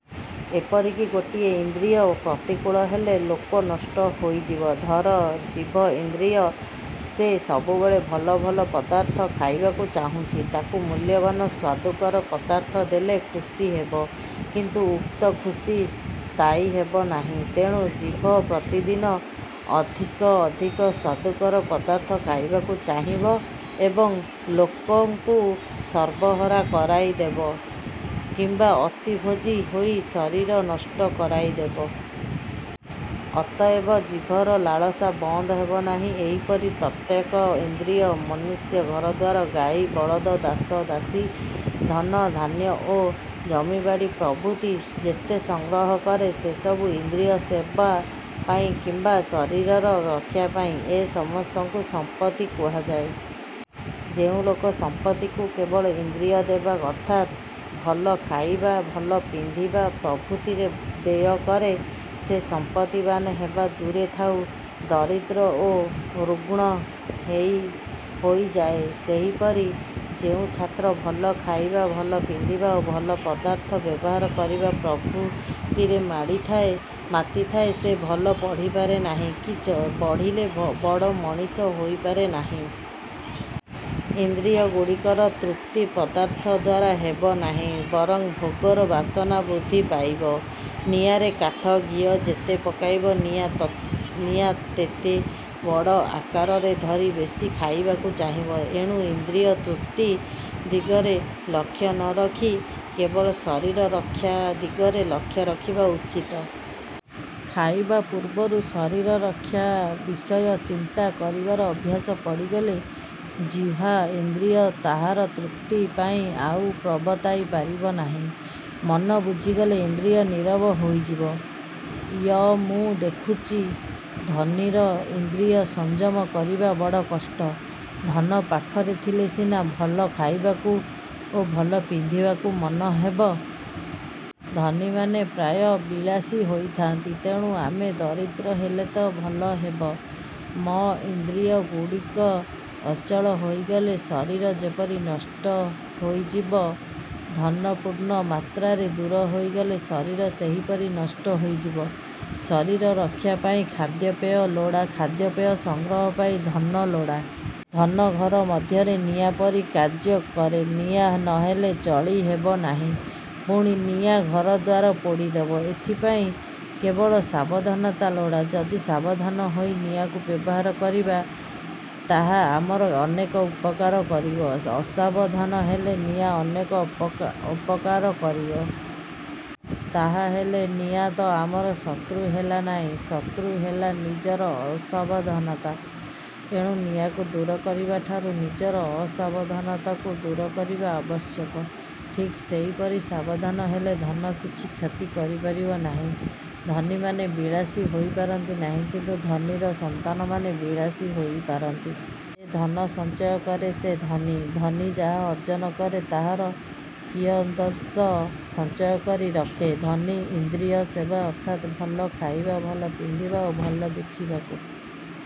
ଏପରିକି ଗୋଟିଏ ଇନ୍ଦ୍ରିୟ ପ୍ରତିକୂଳ ହେଲେ, ଲୋକ ନଷ୍ଟ ହୋଇଯିବ। ଧର, ଜିଭ ଇନ୍ଦ୍ରିୟ। ସେ ସବୁବେଳେ ଭଲ ଭଲ ପଦାର୍ଥ ଖାଇବାକୁ ଚାହୁଁଛି। ତାକୁ ମୂଲ୍ୟବାନ୍ ସ୍ୱାଦୁକର ପଦାର୍ଥ ଦେଲେ ଖୁସି ହେବ କିନ୍ତୁ ଉକ୍ତ ଖୁସି ସ୍ଥାୟୀ ହେବ ନାହିଁ-। ତେଣୁ ଜିଭ ପ୍ରତିଦିନ ଅଧିକ ଅଧିକ ସ୍ଵାଦୁକର ପଦାର୍ଥ ଖାଇବାକୁ ଚାହିଁବ ଏବଂ ଲୋକକୁ ସର୍ବହରା କରାଇଦେବ କିମ୍ବା ଅତିଭୋଜୀ ହୋଇ ଶରୀର ନଷ୍ଟ କରାଇଦେବ। ଅତଏବ ଜିଭର ଲାଳସା ବନ୍ଦ ହେବ ନାହିଁ। ଏହିପରି ପ୍ରତ୍ୟେକ ଇନ୍ଦ୍ରିୟ। ମନୁଷ୍ୟ ଘରଦ୍ଵାର, ଗାଈ, ବଳଦ, ଦାସ ଦାସୀ, ଧନ ଧାନ୍ୟ ଓ ଜମିବାଡ଼ି ପ୍ରଭୃତି ଯେତେ ସଂଗ୍ରହ କରେ ସେସବୁ ଇନ୍ଦ୍ରିୟ ସେବା ପାଇଁ କିମ୍ବା ଶରୀର ରକ୍ଷା ପାଇଁ। ଏ ସମସ୍ତକୁ ସମ୍ପତ୍ତି କୁହାଯାଏ। ଯେଉଁ ଲୋକ ସମ୍ପତ୍ତିକୁ କେବଳ ଇନ୍ଦ୍ରିୟ ଦେବା ଅର୍ଥାତ୍ ଭଲ ଖାଇବା, ଭଲ ପିନ୍ଧିବା ପ୍ରଭୃତିରେ ବ୍ୟୟ କରେ ସେ ସମ୍ପତ୍ତିବାନ୍ ହେବା ଦୂରେ ଥାଉ ଦରିଦ୍ର ଓ ରୁଗ୍ଣ ହୋଇଯାଏ-। ସେହିପରି ଯେଉଁ ଛାତ୍ର ଭଲ ଖାଇବା, ଭଲ ପିନ୍ଧିବା ଓ ଭଲ ପଦାର୍ଥ ବ୍ୟବହାର କରିବା ପ୍ରଭୃତିରେ ମାତିଥାଏ; ସେ ଭଲ ପଢ଼ିପାରେ ନାହିଁ କି ବଢ଼ିଲେ ବଡ଼ ମଣିଷ ହୋଇପାରେ ନାହିଁ-। ଇନ୍ଦ୍ରିୟଗୁଡ଼ିକର ତୃପ୍ତି ପଦାର୍ଥ ଦ୍ଵାରା ହେବ ନାହିଁ, ବରଂ ଭୋଗର ବାସନା ବୃଦ୍ଧି ପାଇବ-। ନିଆଁରେ କାଠ, ଘିଅ ଯେତେ ପକାଇବ ନିଆଁ ତେତେ। ବଡ଼ ଆକାରର ଧରି ବେଶୀ ଖାଇବାକୁ ଚାହିଁବ। ଏଣୁ ଇନ୍ଦ୍ରିୟ ତୃପ୍ତି ଦିଗରେ ଲକ୍ଷ୍ୟ ନ ରଖି କେବଳ ଶରୀର ରକ୍ଷା ଦିଗରେ ଲକ୍ଷ୍ୟ ରଖିବା ଉଚିତ। ଖାଇବା ପୂର୍ବରୁ ଶରୀର ରକ୍ଷା ବିଷୟ ଚିନ୍ତା କରିବାର ଅଭ୍ୟାସ ପଡ଼ିଗଲେ ଜିହ୍ଵା ଇନ୍ଦ୍ରିୟ ତାହାର ତୃପ୍ତି ପାଇଁ ଆଉ ପ୍ରବର୍ତ୍ତାଇ ପାରିବ ନାହିଁ। ମନ ବୁଝିଗଲେ ଇନ୍ଦ୍ରିୟ ନୀରବ ହୋଇଯିବ-। ୟ-ମୁଁ ଦେଖୁଛି, ଧନୀର ଇନ୍ଦ୍ରିୟ ସଂଯମ କରିବା ବଡ଼ କଷ୍ଟ। ଧନ ପାଖରେ ଥିଲେ ସିନା ଭଲ ଖାଇବାକୁ ଓ ଭଲ ପିନ୍ଧିବାକୁ ମନ ହେବ। ଧନୀମାନେ ପ୍ରାୟ ବିଳାସୀ ହୋଇଥାନ୍ତି। ତେଣୁ ଆମେ ଦରିଦ୍ର ହେଲେ ତ ଭଲ ହେବ? ମ-ଇନ୍ଦ୍ରିୟଗୁଡ଼ିକ ଅଚଳ ହୋଇଗଲେ ଶରୀର ଯେପରି ନଷ୍ଟ ହୋଇଯିବ, ଧନ ପୂର୍ଣ୍ଣ ମାତ୍ରାରେ ଦୂର ହୋଇଗଲେ ଶରୀର ସେହିପରି ନଷ୍ଟ ହୋଇଯିବ। ଶରୀର ରକ୍ଷା ପାଇଁ ଖାଦ୍ୟପେୟ ଲୋଡ଼ା, ଖାଦ୍ୟପେୟ ସଂଗ୍ରହ ପାଇଁ ଧନ ଲୋଡ଼ା। ଧନ ଘର ମଧ୍ୟରେ ନିଆଁ ପରି କାର୍ଯ୍ୟ କରେ। ନିଆଁ ନ ହେଲେ ଚଳିହେବ ନାହିଁ, ପୁଣି ନିଆଁ ଘରଦ୍ଵାର ପୋଡ଼ିଦେବ। ଏଥିପାଇଁ କେବଳ ସାବଧାନତା ଲୋଡ଼ା। ଯଦି ସାବଧାନ ହୋଇ ନିଆଁକୁ ବ୍ୟବହାର କରିବା, ତାହା ଆମର ଅନେକ ଉପକାର କରିବ। ଅସାବଧାନ ହେଲେ ନିଆଁ ଅନେକ ଅପକାର କରିବ। ତାହାହେଲେ ନିଆଁତ ଆମର ଶତ୍ରୁ ହେଲା ନାହିଁ, ଶତ୍ରୁ ହେଲା ନିଜର ଅସାବଧାନତା। ଏଣୁ ନିଆଁକୁ ଦୂର କରିବା ଠାରୁ ନିଜର ଅସାବଧାନତାକୁ ଦୂର କରିବା ଆବଶ୍ୟକ। ଠିକ୍ ସେହିପରି ସାବଧାନ ହେଲେ ଧନ କିଛି କ୍ଷତି କରିପାରିବ ନାହିଁ। ଧନୀମାନେ ବିଳାସୀ ହୋଇପାରନ୍ତି ନାହିଁ କିନ୍ତୁ ଧନୀର ସନ୍ତାନମାନେ ବିଳାସୀ ହୋଇପାରନ୍ତି। ଯେ ଧନ ସଞ୍ଚୟ କରେ ସେ ଧନୀ। ଧନୀ ଯାହା ଅର୍ଜନ କରେ ତାହାର କିୟଦଂଶ ସଞ୍ଚୟ କରି ରଖେ। ଧନୀ ଇନ୍ଦ୍ରିୟ ସେବା ଅର୍ଥାତ୍ ଭଲ ଖାଇବା, ଭଲ ପିନ୍ଧିବା ଓ ଭଲ ଦେଖିବାକୁ